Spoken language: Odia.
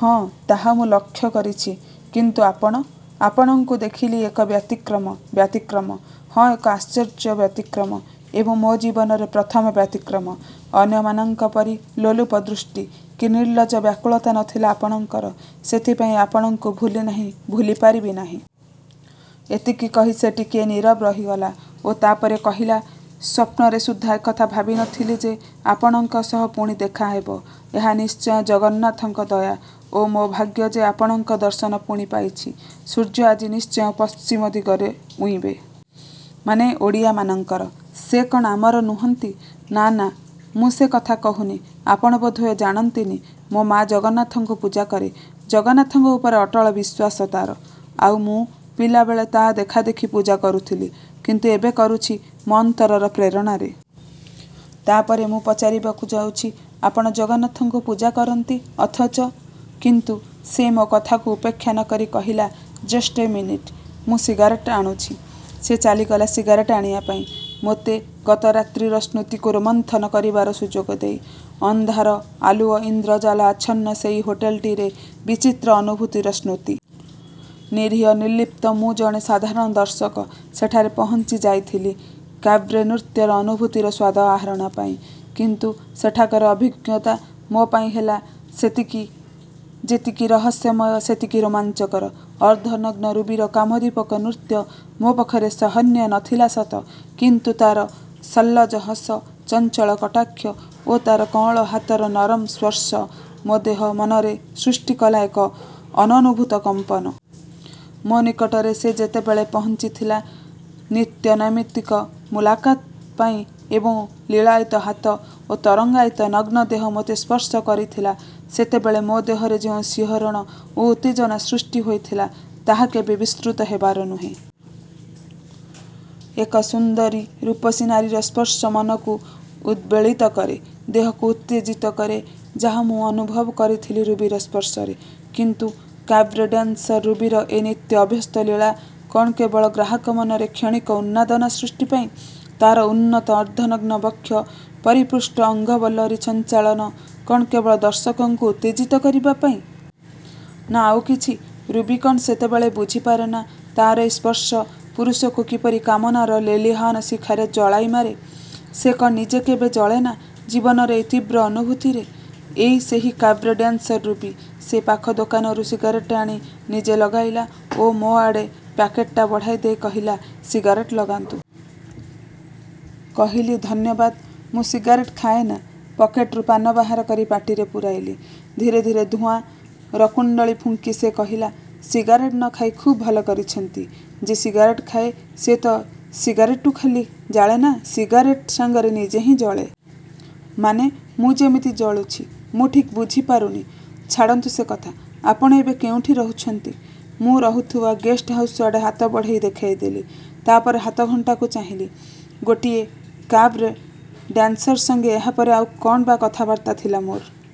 "ହଁ ତାହା ମୁଁ ଲକ୍ଷ୍ୟ କରିଛି... " "କିନ୍ତୁ ଆପଣ? ଆପଣଙ୍କୁ ଦେଖିଲି ଏକ ବ୍ୟତିକ୍ରମ," "ବ୍ୟତିକ୍ରମ? " "ହଁ ଏକ ଆଶ୍ଚର୍ଯ୍ୟ ବ୍ୟତିକ୍ରମ ଏବଂ ମୋ' ଜୀବନରେ ପ୍ରଥମ ବ୍ୟତିକ୍ରମ। ଅନ୍ୟମାନଙ୍କ ପରି ଲୋଲୁପ ଦୃଷ୍ଟି, କି ନିର୍ଲଜ୍ଜ ବ୍ୟାକୁଳତା ନଥିଲା ଆପଣଙ୍କର... ସେଥିପାଇଁ ଆପଣଙ୍କୁ ଭୁଲିନାହିଁ ଭୁଲିପାରିବି ନାହିଁ। " ଏତିକି କହି ସେ ଟିକିଏ ନୀରବ ରହିଗଲା ଓ ତା'ପରେ କହିଲା–ସ୍ଵପ୍ନରେ ସୁଦ୍ଧା ଏକଥା ଭାବିନଥିଲି ଯେ ଆପଣଙ୍କ ସହ ପୁଣି ଦେଖାହେବ। ଏହା ନିଶ୍ଚୟ ଜଗନ୍ନାଥଙ୍କ ଦୟା ଓ ମୋ' ଭାଗ୍ୟ ଯେ ଆପଣଙ୍କ ଦର୍ଶନ ପୁଣି ପାଇଛି। ସୂର୍ଯ୍ୟ ଆଜି ନିଶ୍ଚୟ ପଶ୍ଚିମ ଦିଗରେ ଉଇଁବେ। ମାନେ ଓଡ଼ିଆ ମାନଙ୍କର? ସେ କ'ଣ ଆମର ନୁହନ୍ତି? 'ନା–ନା... ମୁଁ ସେ କଥା କହୁନି... ' "ଆପଣ ବୋଧହୁଏ ଜାଣନ୍ତିନି ମୋ' ମାଆ ଜଗନ୍ନାଥଙ୍କୁ ପୂଜା କରେ। ଜଗନ୍ନାଥଙ୍କ ଉପରେ ଅଟଳ ବିଶ୍ଵାସ ତା'ର। ଆଉ ମୁଁ... ପିଲାବେଳେ ତା' ଦେଖାଦେଖି ପୂଜା କରୁଥିଲି; କିନ୍ତୁ ଏବେ କରୁଛି ମୋ' ଅନ୍ତରର ପ୍ରେରଣାରେ। ତା'ପରେ ମୁଁ ପଚାରିବାକୁ ଯାଉଛି–ଆପଣ ଜଗନ୍ନାଥଙ୍କୁ ପୂଜା କରନ୍ତି ଅଥଚ... କିନ୍ତୁ ସେ ମୋ' କଥାକୁ ଉପେକ୍ଷା ନକରି କହିଲା–ଜଷ୍ଟ ଏ ମିନିଟ୍। ମୁଁ ସିଗାରେଟ ଆଣୁଛି। ସେ ଚାଲିଗଲା ସିଗାରେଟ୍ ଆଣିବାପାଇଁ ମୋତେ ଗତରାତ୍ରିର ସ୍ମୃତିକୁ ରୋମନ୍ଥନ କରିବାର ସୁଯୋଗ ଦେଇ। ଅନ୍ଧାର ଆଲୁଅ ଇନ୍ଦ୍ର ଜାଲ ଆଚ୍ଛନ୍ନ ସେଇ ହୋଟେଲଟିରେ ବିଚିତ୍ର ଅନୁଭୂତିର ସ୍ମୃତି। ନିରୀହ ନିର୍ଲିପ୍ତ ମୁଁ ଜଣେ ସାଧାରଣ ଦର୍ଶକ ସେଠାରେ ପହଞ୍ଚି ଯାଇଥିଲି କାବ୍ରେ ନୃତ୍ୟର ଅନୁଭୂତିର ସ୍ଵାଦ ଆହରଣ ପାଇଁ; କିନ୍ତୁ ସେଠାକାର ଅଭିଜ୍ଞତା ମୋପାଇଁ ହେଲା ସେତିକି ଯେତିକି ରହସ୍ୟମୟ ସେତିକି ରୋମାଞ୍ଚକର। ଅର୍ଦ୍ଧନଗ୍ନ ରୁବିର କାମୋଦ୍ଦୀପକ ନୃତ୍ୟ ମୋ' ପକ୍ଷରେ ସହନ୍ୟ ନଥିଲା ସତ; କିନ୍ତୁ ତା'ର ସଲ୍ଲଜ ହସ, ଚଞ୍ଚଳ କଟାକ୍ଷ ଓ ତା'ର କଅଁଳ ହାତର ନରମ ସ୍ପର୍ଶ ମୋ' ଦେହ, ମନରେ ସୃଷ୍ଟି କରିଥିଲା ଏକ ଅନନୁଭୂତ କମ୍ପନ। ମୋ' ନିକଟରେ ସେ ଯେତେବେଳେ ପହଞ୍ଚିଥିଲା ନିତ୍ୟ ନୈମିତିକ 'ମୁଲାକତ୍' ପାଇଁ ଏବଂ ଲୀଳାୟିତ ହାତ ଓ ତରଙ୍ଗାୟିତ ନଗ୍ନ ଦେହ ମୋତେ ସ୍ପର୍ଶ କରିଥିଲା ସେତେବେଳେ ମୋ' ଦେହରେ ଯେଉଁ ଶିହରଣ ଓ ଉତ୍ତେଜନା ସୃଷ୍ଟି ହୋଇଥିଲା ତାହା କେବେ ବିସ୍ମୃତ ହେବାର ନୁହେଁ। ଏକ ସୁନ୍ଦରୀ ରୂପସୀ ନାରୀର ସ୍ପର୍ଶ ମନକୁ ଉଦ୍ ବେଳିତ କରେ, ଦେହକୁ ଉତ୍ତେଜିତ କରେ ଯାହା ମୁଁ ଅନୁଭବ କରିଥିଲି ରୁବିର ସ୍ପର୍ଶରେ। କିନ୍ତୁ କାବ୍ରେ ଡାନ୍ସର ରୁବିର ଏ ନିତ୍ୟ ଅଭ୍ୟସ୍ତ ଲୀଳା କ'ଣ କେବଳ ଗ୍ରାହକ ମନରେ କ୍ଷଣିକ ଉନ୍ମାଦନା ସୃଷ୍ଟିପାଇଁ? ତା'ର ଉନ୍ନତ ଅର୍ଦ୍ଧନଗ୍ନ ବକ୍ଷ, ପରିପୁଷ୍ଟ ଅଙ୍ଗ ବଲ୍ଲରୀ ଛଞ୍ଚାଳନ କ'ଣ କେବଳ ଦର୍ଶକଙ୍କୁ ଉତ୍ତେଜିତ କରିବାପାଇଁ? ନା ଆଉ କିଛି? ରୁବି କ'ଣ ସେତେବେଳେ ବୁଝିପାରେନା ତା'ର ଏଇ ସ୍ପର୍ଶ ପୁରୁଷକୁ କିପରି କାମନାର ଲେଲିହାନ ଶିଖାରେ ଜଳାଇମାରେ। ସେ କ'ଣ ନିଜେ କେବେ ଜଳେନା ଜୀବନରେ ଏଇ ତୀବ୍ର ଅନୁଭୂତିରେ? ଏଇ ସେହି କାବ୍ରେ ଡାନ୍ସର ରୁବି। ସେ ପାଖ ଦୋକାନରୁ ସିଗାରେଟ୍ ଆଣି ନିଜେ ଲଗାଇଲା ଓ ମୋ' ଆଡ଼େ ପ୍ୟାକେଟା ବଢ଼େଇ ଦେଇ କହିଲା–ସିଗାରେଟ୍ ଲଗାନ୍ତୁ। କହିଲି–'ଧନ୍ୟବାଦ। ମୁଁ ସିଗାରେଟ୍ ଖାଏନା' ପକେଟରୁ ପାନ ବାହାର କରି ପାଟିରେ ପୂରାଇଲି। ଧୀରେ ଧୀରେ ଧୂଆଁ ରକୁଣ୍ତଳୀ ଫୁଙ୍କି ସେ କହିଲା–ସିଗାରେଟ ନଖାଇ ଖୁବ୍ ଭଲକରିଛନ୍ତି। ଯେ ସିଗାରେଟ୍ ଖାଏ ସେ ତ ସିଗାରେଟୁ ଖାଲି ଜାଳେନା, ସିଗାରେଟ୍ ସାଙ୍ଗରେ ନିଜେ ହିଁ ଜଳେ। "ମାନେ? " 'ମୁଁ ଯେମିତି ଜଳୁଛି। " "ମୁଁ ଠିକ୍ ବୁଝିପାରୁନି... " "ଛାଡ଼ନ୍ତୁ ସେ କଥା। ଆପଣ ଏବେ କେଉଁଠି ରହୁଛନ୍ତି? " ମୁଁ ରହୁଥିବା ଗେଷ୍ଟ ହାଉସ ଆଡ଼େ ହାତ ବଢ଼େଇ ଦେଖାଇଦେଲି। ତା'ପରେ ହାତ ଘଣ୍ଟାକୁ ଚାହିଁଲି। ଗୋଟିଏ କାବ୍ ରେ ଡ୍ୟାନ୍ସର ସଙ୍ଗେ ଏହାପରେ ଆଉ କ'ଣ ବା କଥାବାର୍ତ୍ତା ଥିଲା ମୋର।